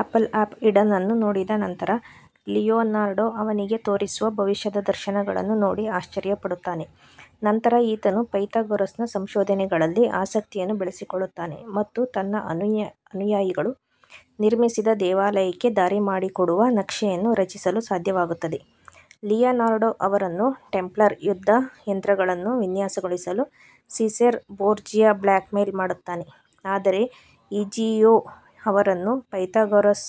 Apple of Eden ಅನ್ನು ನೋಡಿದ ನಂತರ, ಲಿಯೊನಾರ್ಡೊ ಅವನಿಗೆ ತೋರಿಸುವ ಭವಿಷ್ಯದ ದರ್ಶನಗಳನ್ನು ನೋಡಿ ಆಶ್ಚರ್ಯ ಪಡುತ್ತಾನೆ. ನಂತರ ಆತನು ಪೈಥಾಗರಸ್ನ ಸಂಶೋಧನೆಗಳಲ್ಲಿ ಆಸಕ್ತಿಯನ್ನು ಬೆಳೆಸಿಕೊಳ್ಳುತ್ತಾನೆ ಮತ್ತು ತನ್ನ ಅನುಯಾಯಿಗಳು ನಿರ್ಮಿಸಿದ ದೇವಾಲಯಕ್ಕೆ ದಾರಿ ಮಾಡಿಕೊಡುವ ನಕ್ಷೆಯನ್ನು ರಚಿಸಲು ಸಾಧ್ಯವಾಗುತ್ತದೆ. ಲಿಯೊನಾರ್ಡೊ ಅವರನ್ನು ಟೆಂಪ್ಲರ್ ಯುದ್ಧ ಯಂತ್ರಗಳನ್ನು ವಿನ್ಯಾಸಗೊಳಿಸಲು ಸಿಸೇರ್ ಬೋರ್ಜಿಯಾ ಬ್ಲ್ಯಾಕ್ಮೇಲ್ ಮಾಡುತ್ತಾನೆ, ಆದರೆ ಇಝಿಯೊ ಅವರನ್ನು ಪೈಥಾಗರಸ್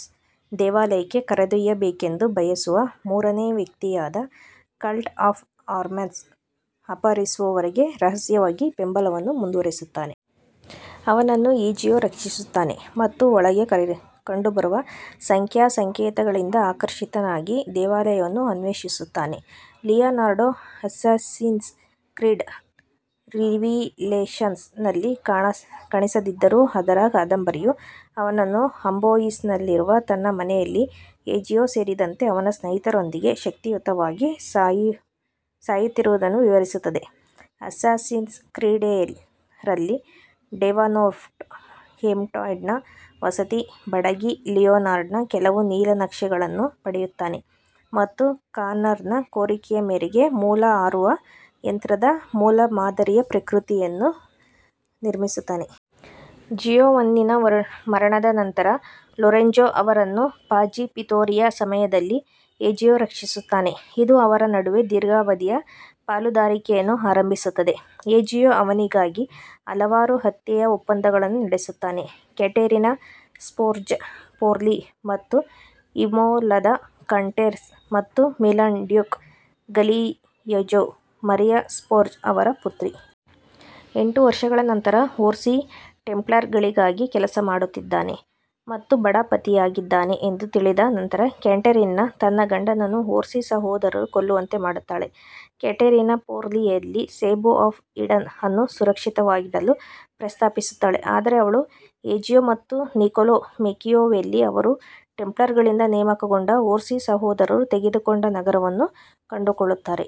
ದೇವಾಲಯಕ್ಕೆ ಕರೆದೊಯ್ಯಬೇಕೆಂದು ಬಯಸುವ ಮೂರನೇ ವ್ಯಕ್ತಿಯಾದ ಕಲ್ಟ್ ಆಫ್ ಹರ್ಮೆಸ್ ಅಪಹರಿಸುವವರೆಗೆ ರಹಸ್ಯವಾಗಿ ಬೆಂಬಲವನ್ನು ಮುಂದುವರಿಸುತ್ತಾನೆ. ಅವನನ್ನು ಈಜಿಯೊ ರಕ್ಷಿಸುತ್ತಾನೆ ಮತ್ತು ಒಳಗೆ ಕಂಡುಬರುವ ಸಂಖ್ಯಾ ಸಂಕೇತಗಳಿಂದ ಆಕರ್ಷಿತನಾಗಿ ದೇವಾಲಯವನ್ನು ಅನ್ವೇಷಿಸುತ್ತಾನೆ. ಲಿಯೊನಾರ್ಡೊ ಅಸ್ಸಾಸಿನ್ಸ್ ಕ್ರೀಡ್ಃ ರಿವಿಲೇಷನ್ಸ್ ನಲ್ಲಿ ಕಾಣಿಸದಿದ್ದರೂ, ಅದರ ಕಾದಂಬರಿಯು ಅವನನ್ನು ಅಂಬೋಯಿಸ್ನಲ್ಲಿರುವ ತನ್ನ ಮನೆಯಲ್ಲಿ, ಎಜಿಯೊ ಸೇರಿದಂತೆ ಅವನ ಸ್ನೇಹಿತರೊಂದಿಗೆ ಶಾಂತಿಯುತವಾಗಿ ಸಾಯುತ್ತಿರುವುದನ್ನು ವಿವರಿಸುತ್ತದೆ. ಅಸ್ಸಾಸಿನ್ಸ್ ಕ್ರೀಡ್ ರಲ್ಲಿ, ಡೇವನ್ಪೋರ್ಟ್ ಹೋಮ್ಸ್ಟೆಡ್ನ ವಸತಿ ಬಡಗಿ ಲಿಯೊನಾರ್ಡೊನ ಕೆಲವು ನೀಲನಕ್ಷೆಗಳನ್ನು ಪಡೆಯುತ್ತಾನೆ ಮತ್ತು ಕಾನರ್ನ ಕೋರಿಕೆಯ ಮೇರೆಗೆ, ಮೂಲ ಹಾರುವ ಯಂತ್ರದ ಮೂಲಮಾದರಿಯ ಪ್ರತಿಕೃತಿಯನ್ನು ನಿರ್ಮಿಸುತ್ತಾನೆ. ಜಿಯೋವನ್ನಿನ ಮರಣದ ನಂತರ, ಲೊರೆಂಜೊ ಅವರನ್ನು ಪಾಜಿ ಪಿತೂರಿಯ ಸಮಯದಲ್ಲಿ ಎಜಿಯೊ ರಕ್ಷಿಸುತ್ತಾನೆ, ಇದು ಅವರ ನಡುವೆ ದೀರ್ಘಾವಧಿಯ ಪಾಲುದಾರಿಕೆಯನ್ನು ಪ್ರಾರಂಭಿಸುತ್ತದೆ, ಎಜಿಯೊ ಅವನಿಗಾಗಿ ಹಲವಾರು ಹತ್ಯೆಯ ಒಪ್ಪಂದಗಳನ್ನು ನಡೆಸುತ್ತಾನೆ. ಕ್ಯಾಟೆರಿನಾ ಸ್ಫೋರ್ಜಾ ಫೋರ್ಲಿ ಮತ್ತು ಇಮೋಲಾದ ಕೌಂಟೆಸ್ ಮತ್ತು Milan duke Galeazzo Maria Sforza ಅವರ ಪುತ್ರಿ. ಎಂಟು ವರ್ಷಗಳ ನಂತರ, ಓರ್ಸಿ ಟೆಂಪ್ಲರ್ಗಳಿಗಾಗಿ ಕೆಲಸ ಮಾಡುತ್ತಿದ್ದಾನೆ ಮತ್ತು ಬಡ ಪತಿಯಾಗಿದ್ದಾನೆ ಎಂದು ತಿಳಿದ ನಂತರ ಕ್ಯಾಟರಿನಾ ತನ್ನ ಗಂಡನನ್ನು ಓರ್ಸಿ ಸಹೋದರರು ಕೊಲ್ಲುವಂತೆ ಮಾಡುತ್ತಾಳೆ. ಕ್ಯಾಟೆರಿನಾ ಫೋರ್ಲಿಯಲ್ಲಿ ಸೇಬು ಆಫ್ ಈಡನ್ ಅನ್ನು ಸುರಕ್ಷಿತವಾಗಿಡಲು ಪ್ರಸ್ತಾಪಿಸುತ್ತಾಳೆ, ಆದರೆ ಅವಳು, ಎಜಿಯೊ ಮತ್ತು ನಿಕೊಲೊ ಮ್ಯಾಕಿಯಾವೆಲ್ಲಿ ಅವರು ಟೆಂಪ್ಲರ್ಗಳಿಂದ ನೇಮಕಗೊಂಡ ಓರ್ಸಿ ಸಹೋದರರು ತೆಗೆದುಕೊಂಡ ನಗರವನ್ನು ಕಂಡುಕೊಳ್ಳುತ್ತಾರೆ.